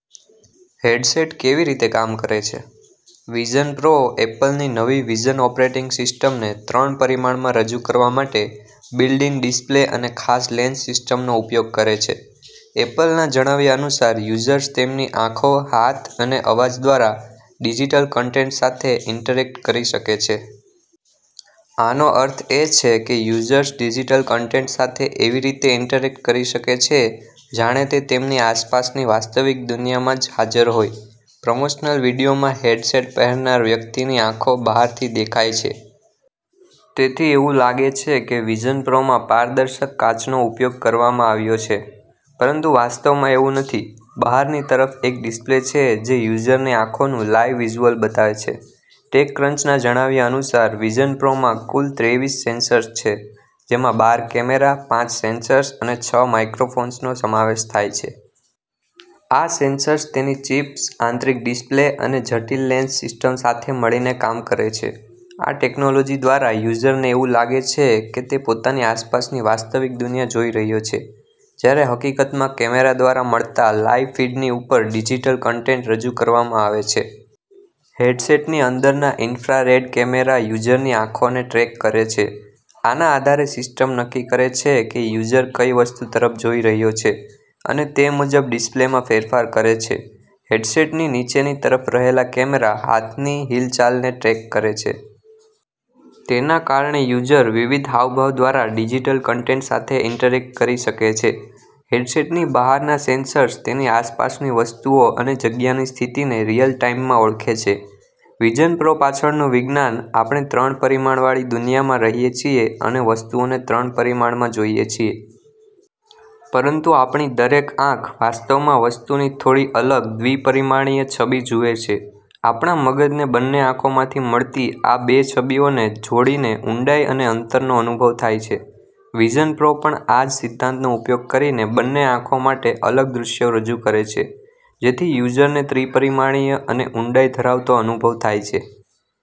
Headset કેવી રીતે કામ કરે છે? વિઝન પ્રો એપલની નવી વિઝન ઓપરેટિંગ સિસ્ટમને ત્રણ પરિમાણમાં રજૂ કરવા માટે બિલ્ટ-ઇન ડિસ્પ્લે અને ખાસ લેન્સ સિસ્ટમનો ઉપયોગ કરે છે. એપલના જણાવ્યા અનુસાર, યુઝર્સ તેમની આંખો, હાથ અને અવાજ દ્વારા ડિજિટલ કન્ટેન્ટ સાથે ઇન્ટરેક્ટ કરી શકે છે. આનો અર્થ એ છે કે યુઝર્સ ડિજિટલ કન્ટેન્ટ સાથે એવી રીતે ઇન્ટરેક્ટ કરી શકે છે, જાણે તે તેમની આસપાસની વાસ્તવિક દુનિયામાં જ હાજર હોય. પ્રમોશનલ વીડિયોમાં હેડસેટ પહેરનાર વ્યક્તિની આંખો બહારથી દેખાય છે. તેથી એવું લાગે છે કે વિઝન પ્રોમાં પારદર્શક કાચનો ઉપયોગ કરવામાં આવ્યો છે, પરંતુ વાસ્તવમાં એવું નથી. બહારની તરફ એક ડિસ્પ્લે છે, જે યુઝરની આંખોનું લાઇવ વિઝ્યુઅલ બતાવે છે. ટેકક્રંચના જણાવ્યા અનુસાર, વિઝન પ્રોમાં કુલ ત્રેવીસ સેન્સર્સ છે, જેમાં બાર કેમેરા, પાંચ સેન્સર્સ અને છ માઇક્રોફોન્સનો સમાવેશ થાય છે. આ સેન્સર્સ તેની ચિપ્સ, આંતરિક ડિસ્પ્લે અને જટિલ લેન્સ સિસ્ટમ સાથે મળીને કામ કરે છે. આ ટેક્નોલોજી દ્વારા યુઝરને એવું લાગે છે કે તે પોતાની આસપાસની વાસ્તવિક દુનિયા જોઈ રહ્યો છે, જ્યારે હકીકતમાં કેમેરા દ્વારા મળતા લાઇવ ફીડની ઉપર ડિજિટલ કન્ટેન્ટ રજૂ કરવામાં આવે છે. હેડસેટની અંદરના ઇન્ફ્રારેડ કેમેરા યુઝરની આંખોને ટ્રૅક કરે છે. આના આધારે સિસ્ટમ નક્કી કરે છે કે યુઝર કઈ વસ્તુ તરફ જોઈ રહ્યો છે અને તે મુજબ ડિસ્પ્લેમાં ફેરફાર કરે છે. હેડસેટની નીચેની તરફ રહેલા કેમેરા હાથની હિલચાલને ટ્રૅક કરે છે. તેના કારણે યુઝર વિવિધ હાવભાવ દ્વારા ડિજિટલ કન્ટેન્ટ સાથે ઇન્ટરેક્ટ કરી શકે છે. હેડસેટની બહારના સેન્સર્સ તેની આસપાસની વસ્તુઓ અને જગ્યાની સ્થિતિને રિયલ ટાઇમમાં ઓળખે છે. વિઝન પ્રો પાછળનું વિજ્ઞાન આપણે ત્રણ પરિમાણવાળી દુનિયામાં રહીએ છીએ અને વસ્તુઓને ત્રણ પરિમાણમાં જોઈએ છીએ. પરંતુ આપણી દરેક આંખ વાસ્તવમાં વસ્તુની થોડી અલગ દ્વિ-પરિમાણીય છબી જુએ છે. આપણા મગજને બંને આંખોમાંથી મળતી આ બે છબીઓને જોડીને ઊંડાઈ અને અંતરનો અનુભવ થાય છે. વિઝન પ્રો પણ આ જ સિદ્ધાંતનો ઉપયોગ કરીને બંને આંખો માટે અલગ દૃશ્યો રજૂ કરે છે, જેથી યુઝરને ત્રિ-પરિમાણીય અને ઊંડાઈ ધરાવતો અનુભવ થાય છે.